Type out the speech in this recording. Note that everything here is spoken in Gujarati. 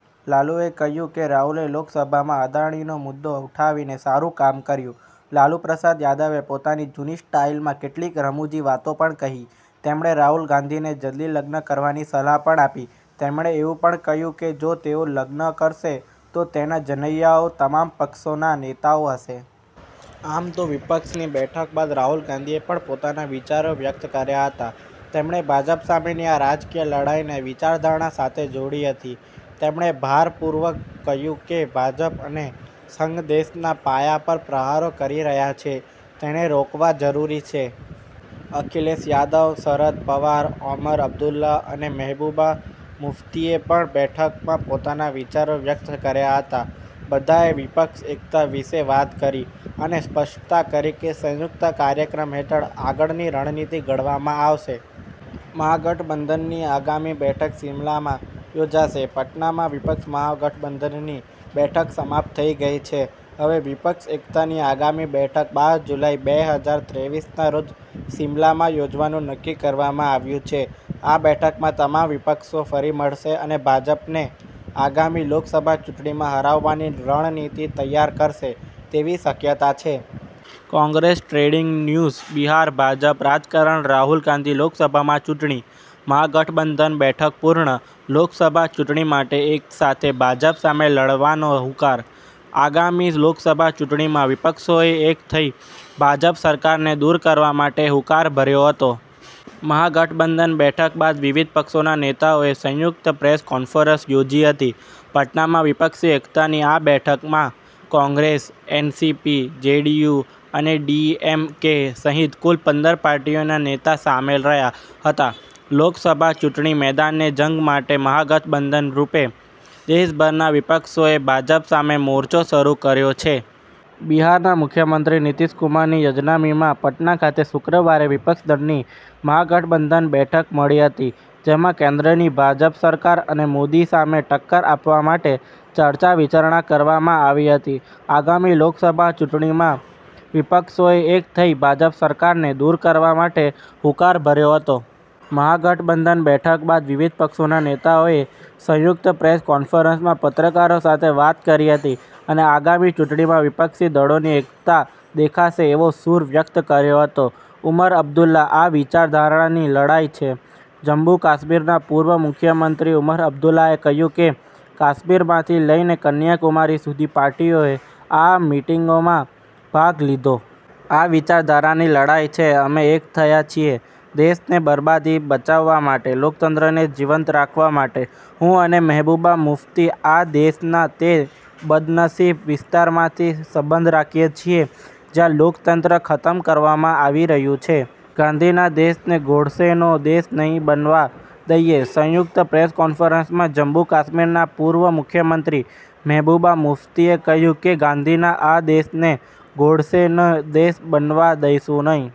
લાલુએ કહ્યું કે રાહુલે લોકસભામાં અદાણીનો મુદ્દો ઉઠાવીને સારું કામ કર્યું. લાલુ પ્રસાદ યાદવે પોતાની જૂની સ્ટાઈલમાં કેટલીક રમુજી વાતો પણ કહી. તેમણે રાહુલ ગાંધીને જલ્દી લગ્ન કરવાની સલાહ પણ આપી. તેમણે એવું પણ કહ્યું કે જો તેઓ લગ્ન કરશે તો તેના જાનૈયાઓ તમામ પક્ષોના નેતાઓ હશે. આમ તો વિપક્ષની બેઠક બાદ રાહુલ ગાંધીએ પણ પોતાના વિચારો વ્યક્ત કર્યા હતા. તેમણે ભાજપ સામેની આ રાજકીય લડાઈને વિચારધારા સાથે જોડી હતી. તેમણે ભારપૂર્વક કહ્યું કે ભાજપ અને સંઘ દેશના પાયા પર પ્રહારો કરી રહ્યા છે, તેને રોકવા જરૂરી છે. અખિલેશ યાદવ, શરદ પવાર, ઓમર અબ્દુલ્લા અને મહેબૂબા મુફ્તીએ પણ બેઠકમાં પોતાના વિચારો વ્યક્ત કર્યા હતા. બધાએ વિપક્ષ એકતા વિશે વાત કરી અને સ્પષ્ટતા કરી કે સંયુક્ત કાર્યક્રમ હેઠળ આગળની રણનીતિ ઘડવામાં આવશે. મહાગઠબંધનની આગામી બેઠક શિમાલામાં યોજાશે પટનામાં વિપક્ષના મહાગઠબંધનની બેઠક સમાપ્ત થઇ ગઇ છે. હવે વિપક્ષ એકતાની આગામી બેઠક બાર જુલાઇ, બે હજાર ત્રેવીસ ના રોજ શિમલામાં યોજવાનું નક્કી કરવામાં આવ્યું છે. આ બેઠકમાં તમામ વિપક્ષો ફરી મળશે અને ભાજપનને આગામી લોકસભા ચૂંટણીમાં હરાવવાની રણનીતિ તૈયાર કરશે તેવી શક્યતા છે. કોંગ્રેસ ટ્રેન્ડિંગ ન્યૂઝ બિહા રભાજપ રાજકારણ રાહુલ ગાંધી લોકસભા ચૂંટણી. મહાગઠબંધન બેઠક પૂર્ણ, લોકસભા ચૂંટણી માટે એક સાથે ભાજપ સામે લડવાનો હૂંકાર. આગામી લોકસભા ચૂંટણીમાં વિપક્ષોએ એક થઇ ભાજપ સરકારને દૂર કરવા માટે હૂંકાર ભર્યો હતો. મહાગઠબંધન બેઠક બાદ વિવિધ પક્ષોના નેતાઓએ સંયુક્ત પ્રેસ કોન્ફરન્સ યોજી હતી. પટનામાં વિપક્ષી એકતાની આ બેઠકમાં કોંગ્રેસ, એનસીપી, જેડીયુ અને ડીએમકે સહિત કુલ પંદર પાર્ટીઓના નેતા સામેલ રહ્યા હતા લોકસભા ચૂંટણી મેદાને જંગ માટે મહાગઠબંધન રૂપે દેશભરના વિપક્ષોએ ભાજપ સામે મોરચો શરૂ કર્યો છે. બિહારના મુખ્યમંત્રી નીતિશ કુમારની યજમાનીમાં પટના ખાતે શુક્રવારે વિપક્ષ દળની મહાગઠબંધન બેઠક મળી હતી. જેમાં કેન્દ્રની ભાજપ સરકાર અને મોદી સામે ટક્કર આપવા માટે ચર્ચા વિચારણા કરવામાં આવી હતી. આગામી લોકસભા ચૂંટણીમાં વિપક્ષોએ એક થઇ ભાજપ સરકારને દૂર કરવા માટે હૂંકાર ભર્યો હતો. મહાગઠબંધન બેઠક બાદ વિવિધ પક્ષોના નેતાઓએ સંયુક્ત પ્રેસ કોન્ફરન્સમાં પત્રકારો સાથે વાત કરી હતી અને આગામી ચૂંટણીમાં વિપક્ષી દળોની એકતા દેખાશે એવો સૂર વ્યક્ત કર્યો હતો. ઉમર અબ્દુલા આ વિચારધારાની લડાઇ છે જમ્મુ કાશ્મીરના પૂર્વ મુખ્યમંત્રી ઉમર અબ્દુલાએ કહ્યું કે કાશ્મીરથી લઇને કન્યાકુમારી સુધી પાર્ટીઓએ આ મિટિંગમાં ભાગ લીધો. આ વિચારધારાની લડાઇ છે. અમે એક થયા છીએ દેશને બરબાદીથી બચાવવા માટે, લોકતંત્રને જીવિત રાખવા માટે. હું અને મહેબુબા મુફ્તી આ દેશના તે બદનસીબ વિસ્તારથી સંબંધ રાખીએ છીએ જ્યાં લોકતંત્ર ખતમ કરવામાં આવી રહ્યું છે. ગાંધીના દેશને ગોડસેનો દેશ નહીં બનવા દઇએ સંયુક્ત પ્રેસ કોન્ફરન્સમાં જમ્મુ કાશ્મીરના પૂર્વ મુખ્યમંત્રી મહેબુબા મુફ્તીએ કહ્યું કે ગાંધીના આ દેશને ગોડ્સેનો દેશ બનવા દઇશું નહીં.